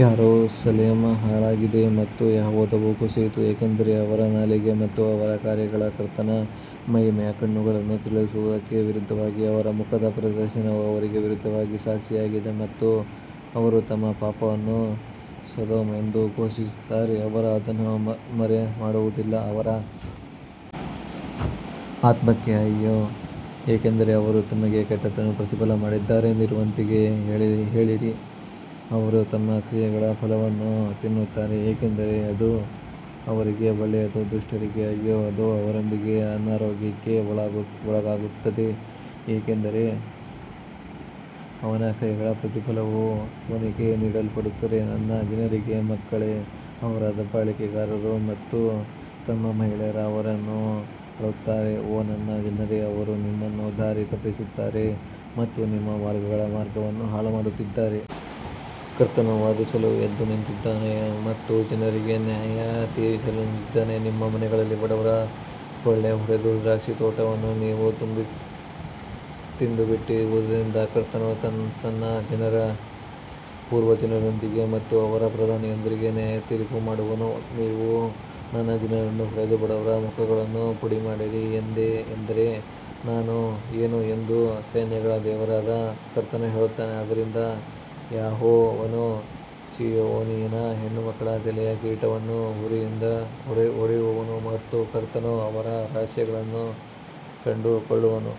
ಯೆರೂಸಲೇಮ್ ಹಾಳಾಗಿದೆ ಮತ್ತು ಯೆಹೂದವು ಕುಸಿಯಿತು ಏಕೆಂದರೆ ಅವರ ನಾಲಿಗೆ ಮತ್ತು ಅವರ ಕಾರ್ಯಗಳು ಕರ್ತನ ಮಹಿಮೆಯ ಕಣ್ಣುಗಳನ್ನು ಕೆರಳಿಸುವದಕ್ಕೆ ವಿರುದ್ಧವಾಗಿವೆ. ಅವರ ಮುಖದ ಪ್ರದರ್ಶನವು ಅವರಿಗೆ ವಿರುದ್ಧವಾಗಿ ಸಾಕ್ಷಿಯಾಗಿದೆ ಮತ್ತು ಅವರು ತಮ್ಮ ಪಾಪವನ್ನು ಸೊದೋಮ್ ಎಂದು ಘೋಷಿಸುತ್ತಾರೆ ಅವರು ಅದನ್ನು ಮರೆಮಾಡುವುದಿಲ್ಲ ಅವರ ಆತ್ಮಕ್ಕೆ ಅಯ್ಯೋ ಏಕೆಂದರೆ ಅವರು ತಮಗೇ ಕೆಟ್ಟದ್ದನ್ನು ಪ್ರತಿಫಲ ಮಾಡಿದ್ದಾರೆ ನೀತಿವಂತರಿಗೆ ಹೇಳಿರಿ, ಅವರು ತಮ್ಮ ಕ್ರಿಯೆಗಳ ಫಲವನ್ನು ತಿನ್ನುತ್ತಾರೆ ಏಕೆಂದರೆ ಅದು ಅವರಿಗೆ ಒಳ್ಳೆಯದು ದುಷ್ಟರಿಗೆ ಅಯ್ಯೋ ಅದು ಅವನೊಂದಿಗೆ ಅನಾರೋಗ್ಯಕ್ಕೆ ಒಳಗಾಗುತ್ತದೆ ಏಕೆಂದರೆ ಅವನ ಕೈಗಳ ಪ್ರತಿಫಲವು ಅವನಿಗೆ ನೀಡಲ್ಪಡುತ್ತದೆ ನನ್ನ ಜನರಿಗೆ ಮಕ್ಕಳೇ ಅವರ ದಬ್ಬಾಳಿಕೆಗಾರರು ಮತ್ತು ಮಹಿಳೆಯರು ಅವರನ್ನು ಆಳುತ್ತಾರೆ ಓ ನನ್ನ ಜನರೇ ಅವರು ನಿಮ್ಮನ್ನು ದಾರಿ ತಪ್ಪಿಸುತ್ತಾರೆ ಮತ್ತು ನಿಮ್ಮ ಮಾರ್ಗಗಳ ಮಾರ್ಗವನ್ನು ಹಾಳುಮಾಡುತ್ತಾರೆ. ಕರ್ತನು ವಾದಿಸಲು ಎದ್ದು ನಿಂತಿದ್ದಾನೆ ಮತ್ತು ಜನರಿಗೆ ನ್ಯಾಯತೀರಿಸಲು ನಿಂತಿದ್ದಾನೆ ನಿಮ್ಮ ಮನೆಗಳಲ್ಲಿ ಬಡವರ ಕೊಳ್ಳೆಹೊಡೆದ ದ್ರಾಕ್ಷೇತೋಟವನ್ನು ನೀವು ತಿಂದುಬಿಟ್ಟಿರುವದರಿಂದ ಕರ್ತನು ತನ್ನ ಜನರ ಪೂರ್ವಜರೊಂದಿಗೆ ಮತ್ತು ಅದರ ಪ್ರಧಾನರೊಂದಿಗೆ ನ್ಯಾಯತೀರ್ಪು ಮಾಡುವನು. ನೀವು ನನ್ನ ಜನರನ್ನು ಹೊಡೆದು ಬಡವರ ಮುಖಗಳನ್ನು ಪುಡಿಮಾಡಿದಿರಿ ಎಂದರೆ ಏನು ಎಂದು ಸೈನ್ಯಗಳ ದೇವರಾದ ಕರ್ತನು ಹೇಳುತ್ತಾನೆ ಆದದರಿಂದ ಯೆಹೋವನು ಚೀಯೋನಿನ ಹೆಣ್ಣುಮಕ್ಕಳ ತಲೆಯ ಕಿರೀಟವನ್ನು ಹುರಿಯಿಂದ ಹೊಡೆಯುವನು ಮತ್ತು ಕರ್ತನು ಅವರ ರಹಸ್ಯಗಳನ್ನು ಕಂಡುಕೊಳ್ಳುವನು.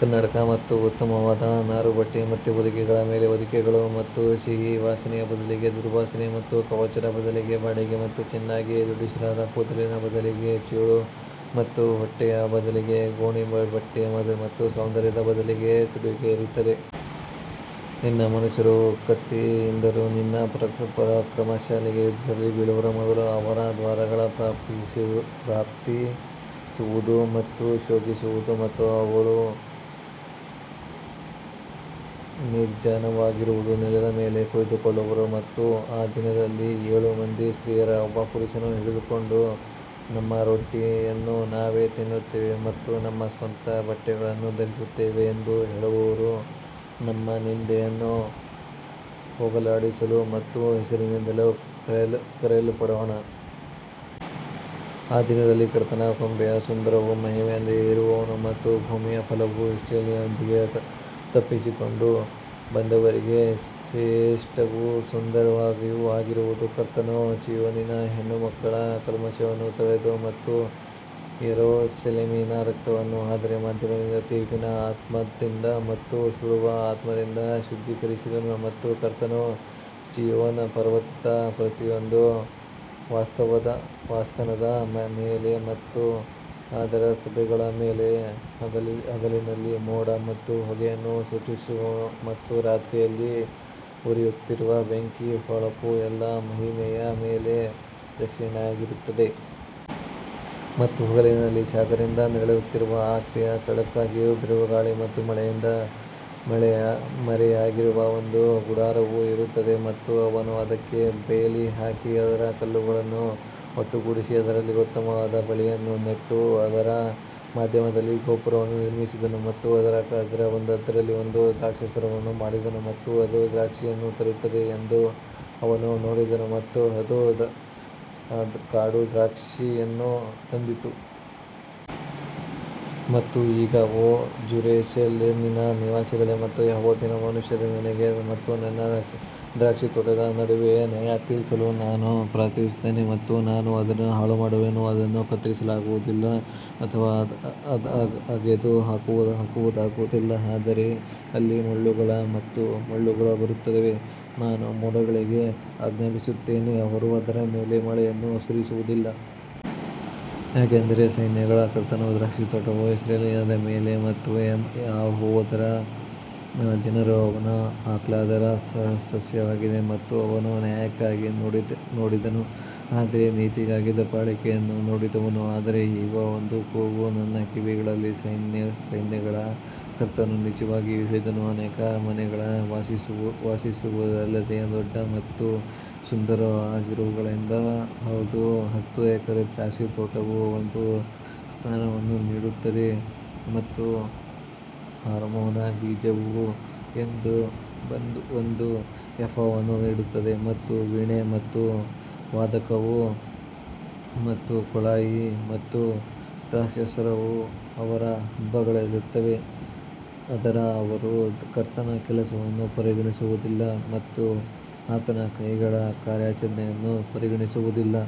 ಕನ್ನಡಕ ಮತ್ತು ಉತ್ತಮವಾದ ನಾರುಬಟ್ಟೆ ಮತ್ತು ಹೊದಿಕೆಗಳು ಮತ್ತು ಹೊದಿಕೆಗಳು ಮತ್ತು ಸಿಹಿ ವಾಸನೆಯ ಬದಲಿಗೆ ದುರ್ವಾಸನೆ ಮತ್ತು ಕವಚದ ಬದಲಿಗೆ ಬಾಡಿಗೆ ಮತ್ತು ಚೆನ್ನಾಗಿ ಜೋಡಿಸಲಾದ ಕೂದಲಿನ ಬದಲಿಗೆ ಬೋಳು ಮತ್ತು ಹೊಟ್ಟೆಯ ಬದಲಿಗೆ ಗೋಣಿ ಬಟ್ಟೆ ಮತ್ತು ಸೌಂದರ್ಯದ ಬದಲಿಗೆ ಸುಡುವಿಕೆ ಇರುತ್ತದೆ. ನಿನ್ನ ಮನುಷ್ಯರು ಕತ್ತಿಯಿಂದಲೂ ನಿನ್ನ ಪರಾಕ್ರಮಶಾಲಿಗಳೂ ಯುದ್ಧದಲ್ಲಿ ಬೀಳುವರು ಮತ್ತು ಅವಳ ದ್ವಾರಗಳು ಪ್ರಲಾಪಿಸುವವು ಮತ್ತು ಶೋಕಿಸುವವು ಮತ್ತು ಅವಳು ನಿರ್ಜನವಾಗಿರುವದು ನೆಲದ ಮೇಲೆ ಕುಳಿತುಕೊಳ್ಳುವಳು ಮತ್ತು ಆ ದಿನದಲ್ಲಿ ಏಳು ಮಂದಿ ಸ್ತ್ರೀಯರು ಒಬ್ಬ ಪುರುಷನನ್ನು ಹಿಡಿದುಕೊಂಡು ನಮ್ಮ ರೊಟ್ಟಿಯನ್ನು ನಾವೇ ತಿನ್ನುತ್ತೇವೆ ಮತ್ತು ನಮ್ಮ ಸ್ವಂತ ಬಟ್ಟೆಗಳನ್ನು ಧರಿಸುತ್ತೇವೆ ಎಂದು ಹೇಳುವರು, ನಮ್ಮ ನಿಂದೆಯನ್ನು ಹೋಗಲಾಡಿಸಲು ನಿನ್ನ ಹೆಸರಿನಿಂದ ಕರೆಯಲ್ಪಡೋಣ. ಆ ದಿನದಲ್ಲಿ ಕರ್ತನ ಕೊಂಬೆಯು ಸುಂದರವೂ ಮಹಿಮೆಯೂ ಇರುವದು ಮತ್ತು ಭೂಮಿಯ ಫಲವು ಇಸ್ರಾಯೇಲಿನಿಂದ ತಪ್ಪಿಸಿಕೊಂಡು ಬಂದವರಿಗೆ ಶ್ರೇಷ್ಠವೂ ಸುಂದರವೂ ಆಗಿರುವುದು. ಕರ್ತನು ಚೀಯೋನಿನ ಹೆಣ್ಣುಮಕ್ಕಳ ಕಲ್ಮಶವನ್ನು ತೊಳೆದನು ಮತ್ತು ಯೆರೂಸಲೇಮಿನ ರಕ್ತವನ್ನು ಅದರ ಮಧ್ಯದಿಂದ ತೀರ್ಪಿನ ಆತ್ಮದಿಂದ ಮತ್ತು ಸುಡುವ ಆತ್ಮದಿಂದ ಶುದ್ಧೀಕರಿಸಿದನು. ಮತ್ತು ಕರ್ತನು ಚೀಯೋನ್ ಪರ್ವತದ ಪ್ರತಿಯೊಂದು ವಾಸಸ್ಥಾನದ ಮೇಲೆ ಮತ್ತು ಅದರ ಸಭೆಗಳ ಮೇಲೆ ಹಗಲಿನಲ್ಲಿ ಮೋಡ ಮತ್ತು ಹೊಗೆಯನ್ನು ಸೃಷ್ಟಿಸುವನು ಮತ್ತು ರಾತ್ರಿಯಲ್ಲಿ ಉರಿಯುತ್ತಿರುವ ಬೆಂಕಿಯ ಹೊಳಪು ಎಲ್ಲಾ ಮಹಿಮೆಯ ಮೇಲೆ ರಕ್ಷಣೆಯಾಗಿರುತ್ತದೆ. ಮತ್ತು ಹಗಲಿನಲ್ಲಿ ಶಾಖದಿಂದ ನೆರಳಿಗಾಗಿಯೂ ಆಶ್ರಯ ಸ್ಥಳಕ್ಕಾಗಿಯೂ ಬಿರುಗಾಳಿ ಮತ್ತು ಮಳೆಯಿಂದ ಮರೆಯಾಗಿಯೂ ಒಂದು ಗುಡಾರವು ಇರುತ್ತದೆ. ಮತ್ತು ಅವನು ಅದಕ್ಕೆ ಬೇಲಿ ಹಾಕಿ ಅದರ ಕಲ್ಲುಗಳನ್ನು ಒಟ್ಟುಗೂಡಿಸಿ ಅದರಲ್ಲಿ ಉತ್ತಮವಾದ ಬಳ್ಳಿಯನ್ನು ನೆಟ್ಟು ಅದರ ಮಧ್ಯದಲ್ಲಿ ಗೋಪುರವನ್ನು ನಿರ್ಮಿಸಿದನು ಮತ್ತು ಅದರಲ್ಲಿ ಒಂದು ದ್ರಾಕ್ಷಾರಸವನ್ನು ಮಾಡಿದನು ಮತ್ತು ಅದು ದ್ರಾಕ್ಷಿಯನ್ನು ತರುತ್ತದೆ ಎಂದು ಅವನು ನೋಡಿದನು ಮತ್ತು ಅದು ಕಾಡು ದ್ರಾಕ್ಷಿಯನ್ನು ತಂದಿತು. ಮತ್ತು ಈಗ ಓ ಜೆರುಸಲೇಮಿನ ನಿವಾಸಿಗಳೇ ಮತ್ತು ಯೆಹೂದದ ಮನುಷ್ಯರು ನನಗೆ ಮತ್ತು ನನ್ನ ದ್ರಾಕ್ಷಿತೋಟದ ನಡುವೆ ನ್ಯಾಯತೀರಿಸಲು ನಾನು ಪ್ರಾರ್ಥಿಸುತ್ತೇನೆ ಮತ್ತು ನಾನು ಅದನ್ನು ಹಾಳುಮಾಡುವೆನು ಅದನ್ನು ಕತ್ತರಿಸಲಾಗುವುದಿಲ್ಲ ಅಥವಾ ಅಗೆದು ಹಾಕಲಾಗುವುದಿಲ್ಲ ಆದರೆ ಅಲ್ಲಿ ಮುಳ್ಳುಗಳು ಮತ್ತು ಮುಳ್ಳುಗಳು ಬರುತ್ತವೆ, ನಾನು ಮೋಡಗಳಿಗೆ ಆಜ್ಞಾಪಿಸುತ್ತೇನೆ ಅವರು ಅದರ ಮೇಲೆ ಮಳೆಯನ್ನು ಸುರಿಸುವುದಿಲ್ಲ. ಯಾಕಂದರೆ ಸೈನ್ಯಗಳ ಕರ್ತನ ದ್ರಾಕ್ಷಿತೋಟವು ಇಸ್ರಾಯೇಲ್ಯರ ಮನೆ ಮತ್ತು ಯೆಹೂದದ ಜನರು ಅವನ ಆಹ್ಲಾದಕರ ಸಸ್ಯವಾಗಿದೆ ಮತ್ತು ಅವನು ನ್ಯಾಯಕ್ಕಾಗಿ ನೋಡಿದನು ಆದರೆ ನೀತಿಗಾಗಿ ದಬ್ಬಾಳಿಕೆಯನ್ನು ನೋಡಿದನು ಆದರೆ ಇಗೋ ಒಂದು ಕೂಗು ನನ್ನ ಕಿವಿಗಳಲ್ಲಿ ಸೈನ್ಯಗಳ ಕರ್ತನು ನಿಜವಾಗಿ ಹೇಳಿದನು, ಅನೇಕ ಮನೆಗಳು ವಾಸಿಸುವವರಿಲ್ಲದೆ ದೊಡ್ಡ ಮತ್ತು ಸುಂದರವಾದವುಗಳಾಗಿವೆ ಹೌದು ಹತ್ತು ಎಕರೆ ದ್ರಾಕ್ಷಿತೋಟವು ಒಂದು ಸ್ನಾನವನ್ನು ನೀಡುತ್ತದೆ ಮತ್ತು ಹೋಮರ್ನ ಬೀಜವು ಒಂದು ಎಫಾವನ್ನು ನೀಡುತ್ತದೆ ಮತ್ತು ವೀಣೆ ಮತ್ತು ವಾದಕವು ಮತ್ತು ಕೊಳಾಯಿ ಮತ್ತು ದ್ರಾಕ್ಷಾರಸವು ಅವರ ಹಬ್ಬಗಳಲ್ಲಿರುತ್ತವೆ ಆದರೆ ಅವರು ಕರ್ತನ ಕೆಲಸವನ್ನು ಪರಿಗಣಿಸುವುದಿಲ್ಲ ಮತ್ತು ಆತನ ಕೈಗಳ ಕಾರ್ಯಾಚರಣೆಯನ್ನು ಪರಿಗಣಿಸುವುದಿಲ್ಲ.